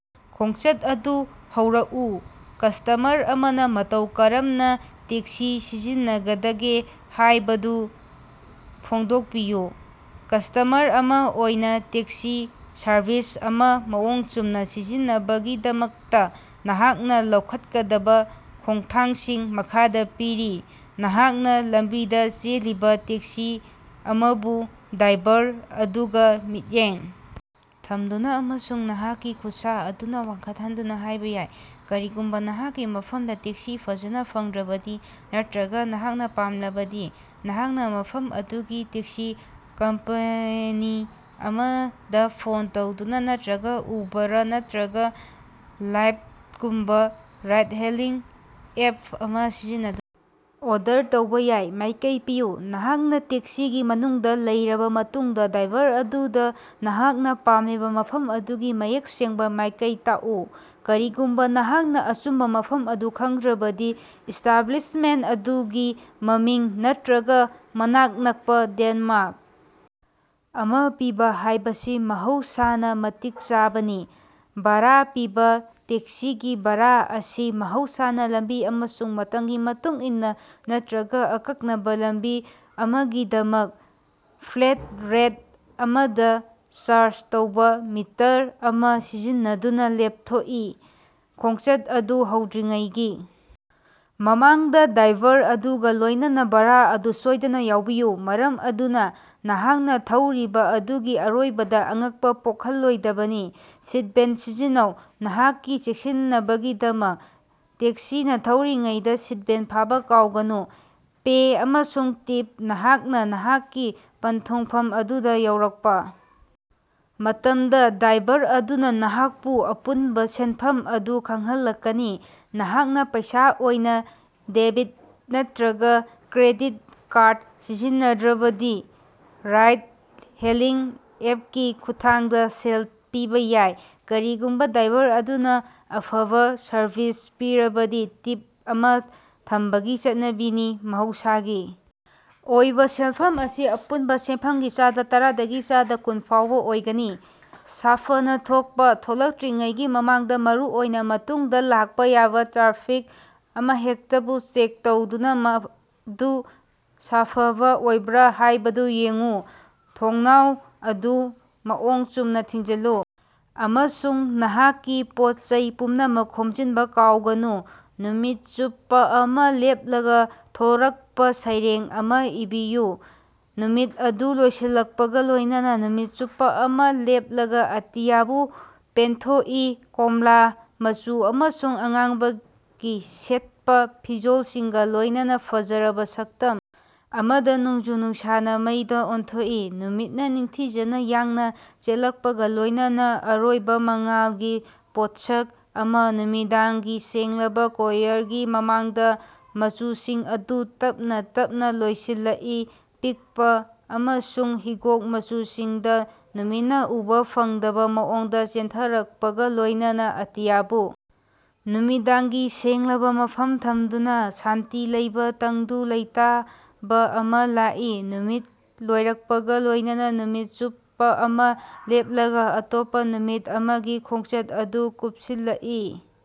ꯈꯣꯡꯆꯠ ꯑꯗꯨ ꯍꯧꯔꯛꯎ ꯀꯁꯇꯃꯔ ꯑꯃꯅ ꯃꯇꯧ ꯀꯔꯝꯅꯥ ꯇꯦꯛꯁꯤ ꯁꯤꯖꯤꯟꯅꯒꯗꯒꯦ ꯍꯥꯢꯕꯗꯨ ꯐꯣꯡꯗꯣꯛꯄꯤꯌꯨ꯫ ꯀꯁꯇꯃꯔ ꯑꯃ ꯑꯣꯏꯅ ꯇꯦꯛꯁꯤ ꯁꯔꯚꯤꯁ ꯑꯃ ꯃꯑꯣꯡ ꯆꯨꯝꯅ ꯁꯤꯖꯤꯟꯅꯅꯕꯒꯤꯗꯃꯛꯇ ꯅꯍꯥꯛꯅ ꯂꯧꯈꯠꯀꯗꯕ ꯈꯣꯡꯊꯥꯡꯁꯤꯡ ꯃꯈꯥꯗꯥ ꯄꯤꯔꯤ: ꯅꯍꯥꯛꯅ ꯂꯝꯕꯤꯗ ꯆꯦꯜꯂꯤꯕ ꯇꯦꯛꯁꯤ ꯑꯃꯕꯨ ꯗ꯭ꯔꯥꯏꯚꯔ ꯑꯗꯨꯒ ꯃꯤꯠꯌꯦꯡ ꯊꯝꯗꯨꯅ ꯑꯃꯁꯨꯡ ꯅꯍꯥꯛꯀꯤ ꯈꯨꯠꯁꯥ ꯑꯗꯨ ꯋꯥꯡꯈꯠꯍꯟꯗꯨꯅ ꯍꯥꯢꯕ ꯌꯥꯏ꯫ ꯀꯔꯤꯒꯨꯝꯕꯥ ꯅꯍꯥꯛꯀꯤ ꯃꯐꯝꯗꯥ ꯇꯦꯛꯁꯤ ꯐꯖꯅꯥ ꯐꯪꯗ꯭ꯔꯕꯗꯤ ꯅꯠꯇ꯭ꯔꯒ ꯅꯍꯥꯛꯅ ꯄꯥꯝꯂꯕꯗꯤ ꯅꯍꯥꯛꯅ ꯃꯐꯝ ꯑꯗꯨꯒꯤ ꯇꯦꯛꯁꯤ ꯀꯝꯄꯦꯅꯤ ꯑꯃꯗ ꯐꯣꯟ ꯇꯧꯗꯨꯅ ꯅꯠꯇ꯭ꯔꯒ ꯎꯕꯔ ꯅꯠꯇ꯭ꯔꯒ ꯂꯥꯏꯐꯇꯒꯨꯝꯕ ꯔꯥꯏꯗ-ꯍꯦꯂꯤꯡ ꯑꯦꯞ ꯑꯃ ꯁꯤꯖꯤꯟꯅꯗꯨꯅ ꯑꯣꯔꯗꯔ ꯇꯧꯕꯥ ꯌꯥꯏ꯫ ꯃꯥꯢꯀꯩ ꯄꯤꯌꯨ: ꯅꯍꯥꯛꯅ ꯇꯦꯛꯁꯤꯒꯤ ꯃꯅꯨꯡꯗ ꯂꯩꯔꯕ ꯃꯇꯨꯡꯗ ꯗ꯭ꯔꯥꯏꯚꯔ ꯑꯗꯨꯗ ꯅꯍꯥꯛꯅ ꯄꯥꯝꯂꯤꯕ ꯃꯐꯝ ꯑꯗꯨꯒꯤ ꯃꯌꯦꯛ ꯁꯦꯡꯕ ꯃꯥꯢꯀꯩ ꯇꯥꯛꯎ꯫ ꯀꯔꯤꯒꯨꯝꯕ ꯅꯍꯥꯛꯅ ꯑꯆꯨꯝꯕ ꯃꯐꯝ ꯑꯗꯨ ꯈꯪꯗ꯭ꯔꯕꯗꯤ ꯏꯁꯇꯥꯕ꯭ꯂꯤꯁꯃꯦꯟꯇ ꯑꯗꯨꯒꯤ ꯃꯃꯤꯡ ꯅꯠꯇ꯭ꯔꯒ ꯃꯅꯥꯛ ꯅꯛꯄꯥ ꯂꯦꯟꯗꯃꯥꯔꯛ ꯑꯃ ꯄꯤꯕ ꯍꯥꯢꯕꯁꯤ ꯃꯍꯧꯁꯥꯅ ꯃꯇꯤꯛ ꯆꯥꯕꯅꯤ꯫ ꯚꯥꯔꯥ ꯄꯤꯕ: ꯇꯦꯛꯁꯤꯒꯤ ꯚꯥꯔꯥ ꯑꯁꯤ ꯃꯍꯧꯁꯥꯅ ꯂꯝꯕꯤ ꯑꯃꯁꯨꯡ ꯃꯇꯝꯒꯤ ꯃꯇꯨꯡ ꯏꯟꯅ ꯅꯠꯇ꯭ꯔꯒ ꯑꯀꯛꯅꯕ ꯂꯝꯕꯤ ꯑꯃꯒꯤꯗꯃꯛ ꯐ꯭ꯂꯦꯠ ꯔꯦꯠ ꯑꯃꯗ ꯆꯥꯔꯖ ꯇꯧꯕ ꯃꯤꯇꯔ ꯑꯃ ꯁꯤꯖꯤꯟꯅꯗꯨꯅ ꯂꯦꯞꯊꯣꯛꯏ꯫ ꯈꯣꯡꯆꯠ ꯑꯗꯨ ꯍꯧꯗ꯭ꯔꯤꯉꯩꯒꯤ ꯃꯃꯥꯡꯗ ꯗ꯭ꯔꯥꯏꯚꯔ ꯑꯗꯨꯒ ꯂꯣꯢꯅꯅꯥ ꯚꯥꯔꯥ ꯑꯗꯨ ꯁꯣꯢꯗꯅ ꯌꯥꯅꯕꯤꯎ ꯃꯔꯝ ꯑꯗꯨꯅ ꯅꯍꯥꯛꯅ ꯊꯧꯔꯤꯕ ꯑꯗꯨꯒꯤ ꯑꯔꯣꯏꯕꯗ ꯑꯉꯛꯄ ꯄꯣꯛꯍꯜꯂꯣꯏꯗꯕꯅꯤ꯫ ꯁꯤꯇꯕꯦꯜꯇ ꯁꯤꯖꯤꯟꯅꯧ: ꯅꯍꯥꯛꯀꯤ ꯆꯦꯛꯁꯤꯟꯅꯕꯒꯤꯗꯃꯛ ꯇꯦꯛꯁꯤꯅ ꯊꯧꯔꯤꯉꯩꯗꯥ ꯁꯤꯠꯕꯦꯜ ꯐꯥꯕ ꯀꯥꯎꯒꯅꯨ꯫ ꯄꯦ ꯑꯃꯁꯨꯡ ꯇꯤꯞ: ꯅꯍꯥꯛꯅ ꯅꯍꯥꯛꯀꯤ ꯄꯟꯊꯨꯡꯐꯝ ꯑꯗꯨꯗ ꯌꯧꯔꯛꯄ ꯃꯇꯝꯗ ꯗ꯭ꯔꯥꯏꯚꯔ ꯑꯗꯨꯅ ꯅꯍꯥꯛꯄꯨ ꯑꯄꯨꯟꯕ ꯁꯦꯟꯐꯝ ꯑꯗꯨ ꯈꯪꯍꯜꯂꯛꯀꯅꯤ꯫ ꯅꯍꯥꯛꯅ ꯄꯩꯁꯥ ꯑꯣꯏꯅ, ꯗꯦꯕꯤꯠ ꯅꯠꯇ꯭ꯔꯒ ꯀ꯭ꯔꯦꯗꯤꯠ ꯀꯥꯔꯗ ꯁꯤꯖꯤꯟꯅꯔꯕꯗꯤ ꯔꯥꯏꯗ-ꯍꯦꯂꯤꯡ ꯑꯦꯞꯀꯤ ꯈꯨꯠꯊꯥꯡꯗ ꯁꯦꯜ ꯄꯤꯕ ꯌꯥꯏ꯫ ꯀꯔꯤꯒꯨꯝꯕ ꯗ꯭ꯔꯥꯏꯚꯔ ꯑꯗꯨꯅ ꯑꯐꯕ ꯁꯔꯚꯤꯁ ꯄꯤꯔꯕꯗꯤ ꯇꯤꯞ ꯑꯃ ꯊꯝꯕꯒꯤ ꯆꯠꯅꯕꯤꯅꯤ꯫ ꯃꯍꯧꯁꯥꯒꯤ ꯑꯣꯏꯕ ꯁꯦꯟꯐꯝ ꯑꯁꯤ ꯑꯄꯨꯟꯕ ꯁꯦꯟꯐꯝꯒꯤ ꯆꯥꯗ ꯇꯔꯥꯗꯒꯤ ꯆꯥꯗ ꯀꯨꯟ ꯐꯥꯎꯕ ꯑꯣꯏꯒꯅꯤ꯫ ꯁꯥꯐꯅꯥ ꯊꯣꯛꯄ: ꯊꯣꯛꯂꯛꯇ꯭ꯔꯤꯉꯩꯒꯤ ꯃꯃꯥꯡꯗ ꯃꯔꯨꯑꯣꯏꯅ ꯃꯇꯨꯡꯗ ꯂꯥꯛꯄ ꯌꯥꯕ ꯇ꯭ꯔꯥꯐꯤꯛ ꯑꯃꯍꯦꯛꯇꯕꯨ ꯆꯦꯛ ꯇꯧꯗꯨꯅ ꯃꯗꯨ ꯁꯥꯐꯕ ꯑꯣꯏꯕ꯭ꯔꯥ ꯍꯥꯢꯕꯗꯨ ꯌꯦꯡꯎ꯫ ꯊꯣꯡꯅꯥꯎ ꯑꯗꯨ ꯃꯑꯣꯡ ꯆꯨꯝꯅ ꯊꯤꯡꯖꯤꯜꯂꯨ ꯑꯃꯁꯨꯡ ꯅꯍꯥꯛꯀꯤ ꯄꯣꯠ-ꯆꯩ ꯄꯨꯝꯅꯃꯛ ꯈꯣꯝꯖꯤꯟꯕ ꯀꯥꯎꯒꯅꯨ꯫ ꯅꯨꯃꯤꯠ ꯆꯨꯞꯄ ꯑꯃ ꯂꯦꯞꯂꯒ ꯊꯣꯔꯛꯄ ꯁꯩꯔꯦꯡ ꯑꯃ ꯏꯕꯤꯌꯨ꯫ ꯅꯨꯃꯤꯠ ꯑꯗꯨ ꯂꯣꯏꯁꯤꯜꯂꯛꯄꯒ ꯂꯣꯢꯅꯅꯥ ꯅꯨꯃꯤꯠ ꯆꯨꯞꯄ ꯑꯃ ꯂꯦꯞꯂꯒ ꯑꯇꯤꯌꯥꯕꯨ ꯄꯦꯟꯊꯣꯛꯏ ꯀꯣꯝꯂꯥ ꯃꯆꯨ ꯑꯃꯁꯨꯡ ꯑꯉꯥꯡꯕꯒꯤ ꯁꯦꯠꯄ ꯐꯤꯖꯣꯜꯁꯤꯡꯒ ꯂꯣꯢꯅꯅꯥ ꯐꯖꯔꯕ ꯁꯛꯇꯝ ꯑꯃꯗ꯫ ꯅꯣꯡꯖꯨ-ꯅꯨꯡꯁꯥꯅ ꯃꯩꯗꯥ ꯑꯣꯟꯊꯣꯛꯏ ꯅꯨꯃꯤꯠꯅ ꯅꯤꯡꯊꯤꯖꯅ ꯌꯥꯡꯅ ꯆꯦꯜꯂꯛꯄꯒ ꯂꯣꯢꯅꯅꯥ ꯑꯔꯣꯏꯕ ꯃꯉꯥꯜꯒꯤ ꯄꯣꯠꯁꯛ ꯑꯃ ꯅꯨꯃꯤꯗꯥꯡꯒꯤ ꯁꯦꯡꯂꯕ ꯀꯣꯌꯔꯒꯤ ꯃꯃꯥꯡꯗ꯫ ꯃꯆꯨꯁꯤꯡ ꯑꯗꯨ ꯇꯞꯅ ꯇꯞꯅ ꯂꯣꯏꯁꯤꯜꯂꯛꯏ ꯄꯤꯛꯄ ꯑꯃꯁꯨꯡ ꯍꯤꯒꯣꯛ ꯃꯆꯨꯁꯤꯡꯗ ꯅꯨꯃꯤꯠꯅ ꯎꯕ ꯐꯪꯗꯕ ꯃꯑꯣꯡꯗ ꯆꯦꯟꯊꯔꯛꯄꯒ ꯂꯣꯢꯅꯅꯥ ꯑꯇꯤꯌꯥꯕꯨ ꯅꯨꯃꯤꯗꯥꯡꯒꯤ ꯁꯦꯡꯂꯕ ꯃꯐꯝꯗ ꯊꯝꯗꯨꯅ꯫ ꯁꯥꯟꯇꯤ ꯂꯩꯕꯥ ꯇꯪꯗꯨ ꯂꯩꯇꯥꯕꯥ ꯑꯃ ꯂꯥꯛꯏ ꯅꯨꯃꯤꯠ ꯂꯣꯏꯔꯛꯄꯒ ꯂꯣꯢꯅꯅꯥ ꯅꯨꯃꯤꯠ ꯆꯨꯞꯄ ꯑꯃ ꯂꯦꯞꯂꯒ ꯑꯇꯣꯞꯄ ꯅꯨꯃꯤꯠ ꯑꯃꯒꯤ ꯈꯣꯡꯆꯠ ꯑꯗꯨ ꯀꯨꯞꯁꯤꯜꯂꯛꯏ꯫